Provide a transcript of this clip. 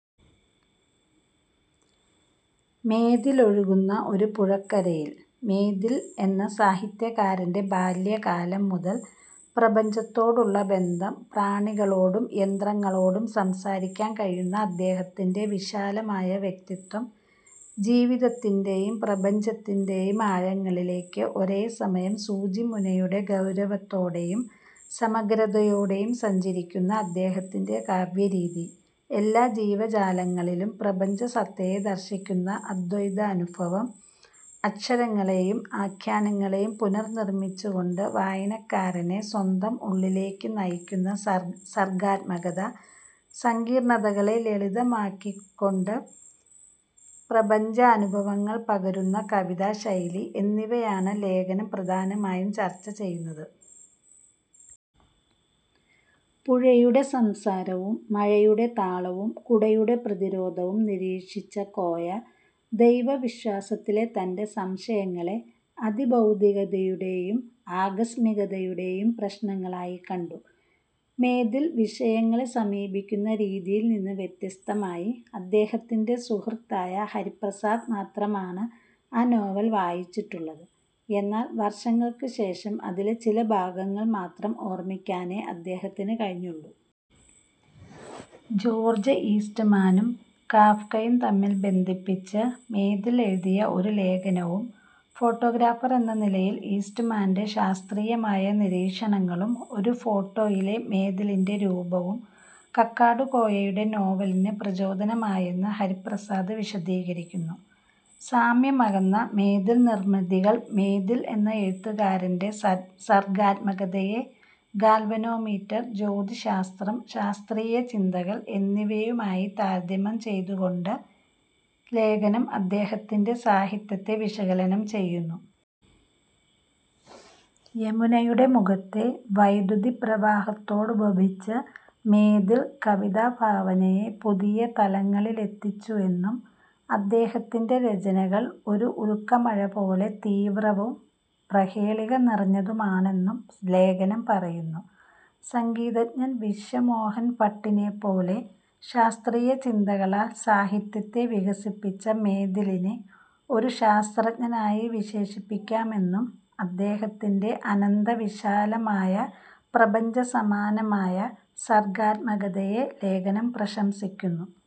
മേതിലൊഴുകുന്ന ഒരു പുഴക്കരയിൽ... മേതിൽ എന്ന സാഹിത്യകാരന്റെ ബാല്യകാലം മുതൽ പ്രപഞ്ചത്തോടുള്ള ബന്ധം, പ്രാണികളോടും യന്ത്രങ്ങളോടും സംസാരിക്കാൻ കഴിയുന്ന അദ്ദേഹത്തിൻ്റെ വിശാലമായ വ്യക്തിത്വം, ജീവിതത്തിൻ്റെയും പ്രപഞ്ചത്തിൻ്റെയും ആഴങ്ങളിലേക്ക് ഒരേ സമയം സൂചിമുനയുടെ ഗൗരവത്തോടെയും സമഗ്രതയോടെയും സഞ്ചരിക്കുന്ന അദ്ദേഹത്തിൻ്റെ കാവ്യ രീതി, എല്ലാ ജീവജാലങ്ങളിലും പ്രപഞ്ചസത്തയെ ദർശിക്കുന്ന അദ്വൈതാനുഭവം, അക്ഷരങ്ങളെയും ആഖ്യാനങ്ങളെയും പുനർനിർമ്മിച്ചുകൊണ്ട് വായനക്കാരനെ സ്വന്തം ഉള്ളിലേക്ക് നയിക്കുന്ന സർഗ്ഗാത്മകത, സങ്കീർണ്ണതകളെ ലളിതമാക്കിക്കൊണ്ട് പ്രപഞ്ചാനുഭവങ്ങൾ പകരുന്ന കവിതാ ശൈലി എന്നിവയാണ് ലേഖനം പ്രധാനമായും ചർച്ച ചെയ്യുന്നത്. പുഴയുടെ സംസാരവും മഴയുടെ താളവും കുടയുടെ പ്രതിരോധവും നിരീക്ഷിച്ച കോയ, ദൈവവിശ്വാസത്തിലെ തന്റെ സംശയങ്ങളെ അതിഭൗതികതയുടെയും ആകസ്മികതയുടെയും പ്രശ്നങ്ങളായി കണ്ടു, മേതിൽ വിഷയങ്ങളെ സമീപിക്കുന്ന രീതിയിൽ നിന്ന് വ്യത്യസ്തമായി. അദ്ദേഹത്തിന്റെ സുഹൃത്തായ ഹരിപ്രസാദ് മാത്രമാണ് ആ നോവൽ വായിച്ചിട്ടുള്ളത്, എന്നാൽ വർഷങ്ങൾക്കുശേഷം അതിലെ ചില ഭാഗങ്ങൾ മാത്രം ഓർമ്മിക്കാനേ അദ്ദേഹത്തിന് കഴിഞ്ഞുള്ളൂ. ജോർജ് ഈസ്റ്റ്മാനും കാഫ്കയും തമ്മിൽ ബന്ധിപ്പിച്ച് മേതിൽ എഴുതിയ ഒരു ലേഖനവും, ഫൊട്ടോഗ്രാഫർ എന്ന നിലയിൽ ഈസ്റ്റ്മാന്റെ ശാസ്ത്രീയമായ നിരീക്ഷണങ്ങളും, ഒരു ഫോട്ടോയിലെ മേതിലിന്റെ രൂപവും കക്കാടുകോയയുടെ നോവലിന് പ്രചോദനമായെന്ന് ഹരിപ്രസാദ് വിശദീകരിക്കുന്നു. സാമ്യമകന്ന മേതിൽനിർമിതികൾ മേതിൽ എന്ന എഴുത്തുകാരന്റെ സർഗ്ഗാത്മകതയെ ഗാൽവനോമീറ്റർ, ജ്യോതിശാസ്ത്രം, ശാസ്ത്രീയ ചിന്തകൾ എന്നിവയുമായി താരതമ്യം ചെയ്തുകൊണ്ട് ലേഖനം അദ്ദേഹത്തിന്റെ സാഹിത്യത്തെ വിശകലനം ചെയ്യുന്നു. യമുനയുടെ മുഖത്തെ വൈദ്യുതിപ്രവാഹത്തോടുപമിച്ച് മേതിൽ കവിതാഭാവനയെ പുതിയ തലങ്ങളിലെത്തിച്ചുവെന്നും, അദ്ദേഹത്തിന്റെ രചനകൾ ഒരു ഉൽക്കമഴ പോലെ തീവ്രവും, പ്രഹേളിക നിറഞ്ഞതുമാണെന്നും ലേഖനം പറയുന്നു. സംഗീതജ്ഞൻ വിശ്വമോഹൻ ഭട്ടിനെപ്പോലെ ശാസ്ത്രീയ ചിന്തകളാൽ സാഹിത്യത്തെ വികസിപ്പിച്ച മേതിലിനെ ഒരു ശാസ്ത്രജ്ഞനായി വിശേഷിപ്പിക്കാമെന്നും, അദ്ദേഹത്തിന്റെ അനന്തവിശാലമായ പ്രപഞ്ചസമാനമായ സർഗ്ഗാത്മകതയെ ലേഖനം പ്രശംസിക്കുന്നു.